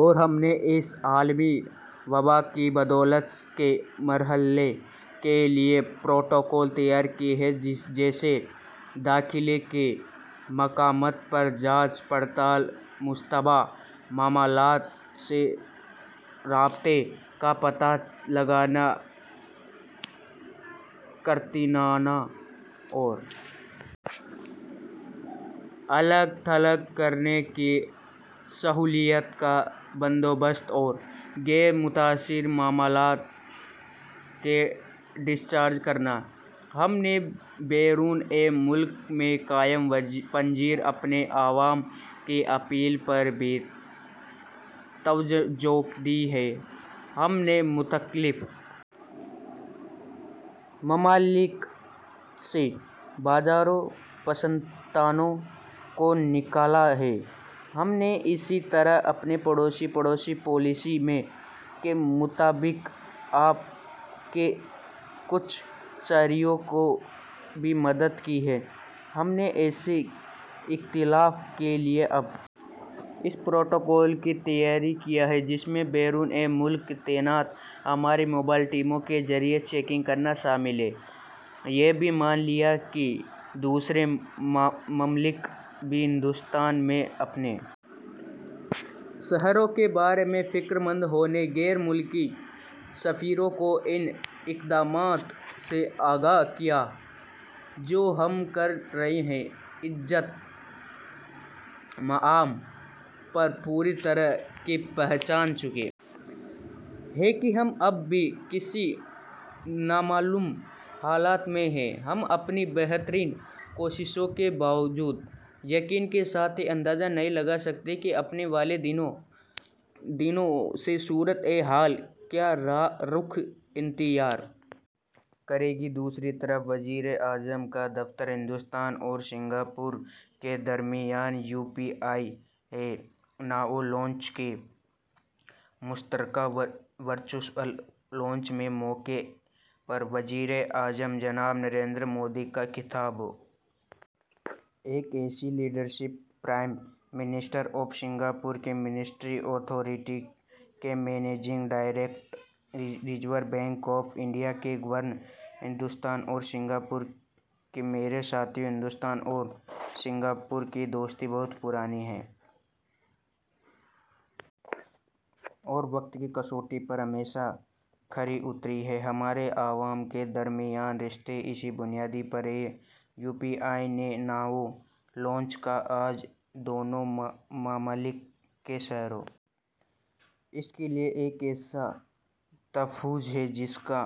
اور ہم نے اس عالمی وبا کے بندوبست کے ہر مرحلے کے لیے پروٹوکول تیار کیے ہیں جیسے داخلے کے مقامات پر جانچ پڑتال مشتبہ معاملات سے رابطے کا پتہ لگانا قرنطینہ اور الگ تھلگ کرنے کی سہولیات کا بندوبست اور غیر متاثر معاملات میں ڈسچارج کرنا ہم نے بیرون ملک میں قیام پذیر اپنے عوام کی اپیل پر بھی توجہ دی ہے ہم نے مختلف ممالک سے ہزاروں ہندوستانیوں کو نکالا ہے ہم نے اسی طرح اپنی پڑوسی پہلے پالیسی کے مطابق آپ کے کچھ شہریوں کی بھی مدد کی ہے ہم نے ایسے انخلا کے لیے اب ایک پروٹوکول بھی تیار کیا ہے جس میں بیرون ملک تعینات ہماری موبائل ٹیموں کے ذریعے چیکنگ کرنا شامل ہے ہم نے یہ بھی مان لیا کہ دوسرے ممالک بھی ہندوستان میں اپنے شہریوں کے بارے میں فکر مند ہوں گے چنانچہ ہم نے غیر ملکی سفیروں کو ان اقدامات سے آگاہ کیا جو ہم کر رہے ہیں عزت مآب ہم پوری طرح سے پہچان چکے ہیں کہ ہم اب بھی کسی نامعلوم حالت میں ہیں ہم اپنی بہترین کوششوں کے باوجود یقین کے ساتھ یہ اندازہ نہیں لگا سکتے کہ آنے والے دنوں میں صورتحال کیا رخ اختیار کرے گی دوسری طرف وزیر اعظم کا دفتر ہندوستان اور سنگاپور کے درمیان UPI PayNow linkage کے مشترکہ ورچوئل لانچ کے موقع پر وزیر اعظم جناب نریندر مودی کا خطاب your excellency prime minister Lee Singapore کی مانیٹری اتھارٹی کے managing director reserve bank of India کے گورنر ہندوستان اور سنگاپور کے میرے ساتھیو ہندوستان اور سنگاپور کی دوستی بہت پرانی ہے اور وقت کی کسوٹی پر ہمیشہ کھری اتری ہے ہمارے عوام سے عوام کے درمیان رشتے اس کی بنیاد رہے ہیں UPI PayNow link کا لانچ آج دونوں ممالک کے شہریوں کے لیے ایک ایسا تحفہ ہے جس کا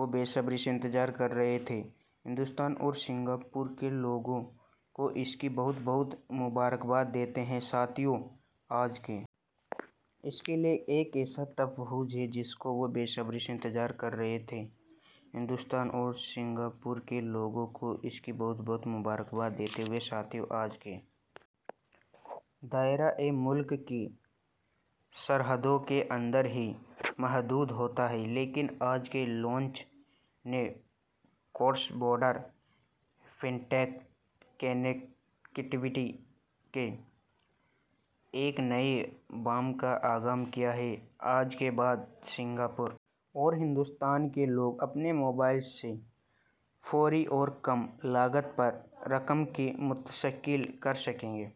وہ بے صبری سے انتظار کر رہے تھے میں ہندوستان اور سنگاپور کے لوگوں کو اس کی بہت بہت مبارکباد دیتا ہوں ساتھیو آج کے دور میں ٹیکنالوجی ہمیں کئی طرح سے ایک دوسرے سے جوڑتی ہے فن ٹیک بھی ایک ایسا سیکٹر ہے جو لوگوں کو ایک دوسرے سے کنیکٹ کرتا ہے عام طور پر اس کا دائرہ ایک ملک کی سرحدوں کے اندر ہی محدود ہوتا ہے لیکن آج کے لانچ نے cross border fintech connectivity کے ایک نئے باب کا آغاز کیا ہے آج کے بعد سنگاپور اور ہندوستان کے لوگ اپنے موبائل سے فوری اور کم لاگت پر رقم کی منتقلی کر سکیں گے